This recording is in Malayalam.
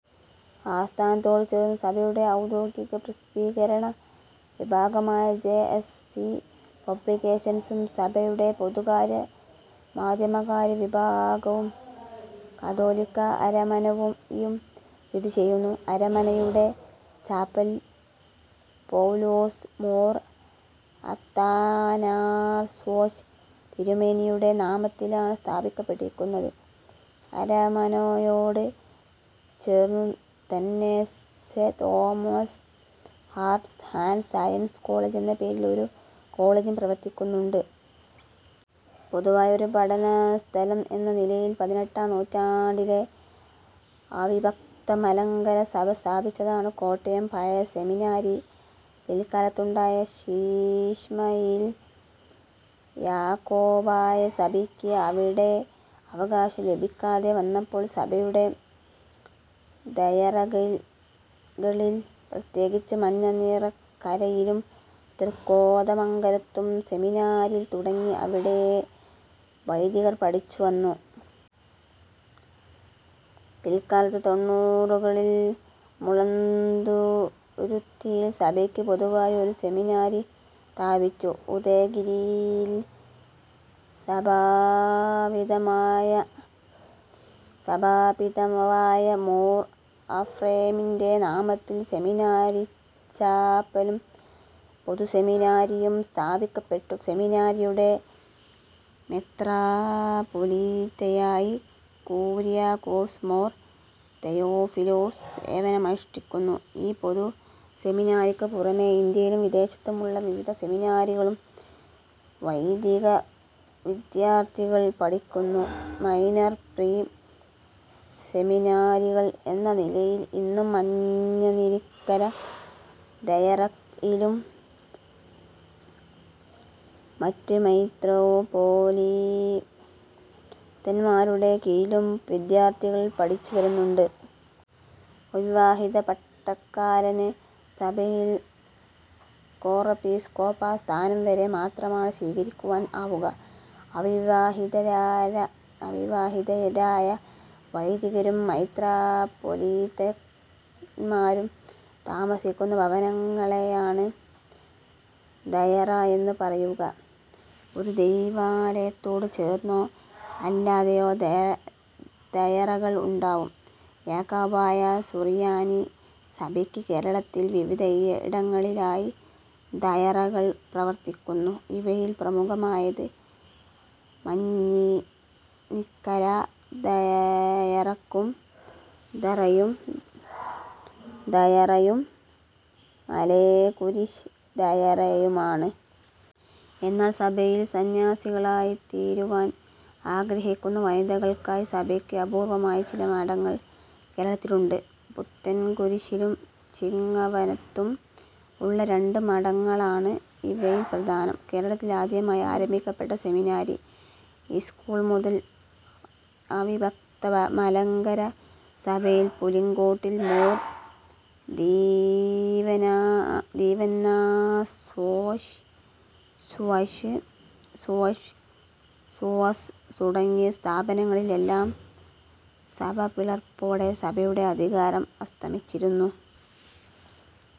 ആസ്ഥാനത്തോട് ചേർന്ന് സഭയുടെ ഔദ്യോഗിക പ്രസിദ്ധീകരണ വിഭാഗമായ ജെ. എസ്. സി. പബ്ലിക്കേഷൻസും സഭയുടെ പൊതുകാര്യ-മാധ്യമകാര്യ വിഭാഗവും കാതോലിക്ക അരമനയും സ്ഥിതി ചെയ്യുന്നു. അരമനയുടെ ചാപ്പൽ പൌലോസ് മോർ അത്താനാസ്യോസ് തിരുമേനിയുടെ നാമത്തിലാണ് സ്ഥാപിക്കപ്പെട്ടിരിക്കുന്നത്. അരമനയോട് ചേർന്നുതന്നെ സെ. Thomas arts and science college എന്ന പേരിൽ ഒരു കോളജും പ്രവർത്തിക്കുന്നുണ്ട്. പൊതുവായ ഒരു പഠനസ്ഥലം എന്ന നിലയിൽ പതിനെട്ടാം നൂറ്റാണ്ടിലെ അവിഭക്ത മലങ്കര സഭ സ്ഥാപിച്ചതാണ് കോട്ടയം പഴയ സെമിനാരി. പിൽക്കാലത്തുണ്ടായ ശീശ്മയിൽ യാക്കോബായ സഭയ്ക്ക് അവിടെ അവകാശം ലഭിക്കാതെ വന്നപ്പോൾ സഭയുടെ ദയറകളിൽ പ്രത്യേകിച്ച് മഞ്ഞനിക്കരയിലും തൃക്കോതമംഗലത്തും സെമിനാരികൾ തുടങ്ങി അവിടേ വൈദികർ പഠിച്ച് വന്നു. പിൽക്കാലത്ത് തൊണ്ണുറുകളിൽ മുളന്തുരുത്തിയിൽ സഭയ്ക്ക് പൊതുവായി ഒരു സെമിനാരി സ്ഥാപിച്ചു. ഉദയഗിരിയിൽ സഭാപിതാവായ മോർ അഫ്രേമിന്റെ നാമത്തിൽ സെമിനാരിച്ചാപ്പലും പൊതുസെമിനാരിയും സ്ഥാപിക്കപ്പെട്ടു. സെമിനാരിയുടെ മെത്രാപ്പൊലീത്തയായി കുര്യാക്കോസ് മോർ തെയോഫിലോസ് സേവനമനുഷ്ഠിക്കുന്നു. ഈ പൊതു സെമിനാരിക്കു പുറമെ ഇന്ത്യയിലും വിദേശത്തുമുള്ള വിവിധ സെമിനാരികളിലും വൈദികവിദ്യാർത്ഥികൾ പഠിക്കുന്നു. മൈനർ/പ്രീ സെമിനാരികൾ എന്ന നിലയിൽ ഇന്നും മഞ്ഞനിക്കര ദയറയിലും മറ്റ് മെത്രാപ്പൊലീത്തന്മാരുടെ കീഴിലും വിദ്യാർത്ഥികൾ പഠിച്ചുവരുന്നുണ്ട്. ഒരു വിവാഹിത പട്ടക്കാരന് സഭയിൽ കോറെപ്പിസ്കോപ്പ സ്ഥാനം വരെ മാത്രമാണ് സ്വീകരിക്കുവാൻ ആവുക. അവിവാഹിതരായ വൈദികരും മെത്രാപ്പൊലീത്തമാരും താമസിക്കുന്ന ഭവനങ്ങളെയാണ് ദയറ എന്ന് പറയുക. ഒരു ദൈവാലയത്തോട് ചേർന്നോ അല്ലാതെയോ ദയറകൾ ഉണ്ടാവും. യാക്കോബായ സുറിയാനി സഭയ്ക്ക് കേരളത്തിൽ വിവിധയിടങ്ങളീലായി ദയറകൾ പ്രവർത്തിക്കുന്നു. ഇവയിൽ പ്രമുഖമായത് മഞ്ഞിനിക്കര ദയറയും മലേക്കുരിശ് ദയറയുമാണ്. എന്നാൽ സഭയിൽ സന്ന്യാസിനികളായിത്തീരുവാൻ ആഗ്രഹിക്കുന്ന വനിതകൾക്കായി സഭയ്ക്ക് അപൂർവ്വമായി ചില മഠങ്ങൾ കേരളത്തിലുണ്ട്. പുത്തൻകുരിശിലും ചിങ്ങവനത്തും ഉള്ള രണ്ട് മഠങ്ങളാണ് ഇവയിൽ പ്രധാനം. കേരളത്തിൽ ആദ്യമായി ആരംഭിക്കപ്പെട്ട സെമിനാരി സ്കൂൾ മുതൽ അവിഭക്ത മലങ്കര സഭയിൽ പുലിക്കോട്ടിൽ മോർ ദീവന്നാസ്യോസ് തുടങ്ങിയ സ്ഥാപനങ്ങളിൽ എല്ലാം സഭാ പിളർപ്പോടെ സഭയുടെ അധികാരം അസ്തമിച്ചിരുന്നു.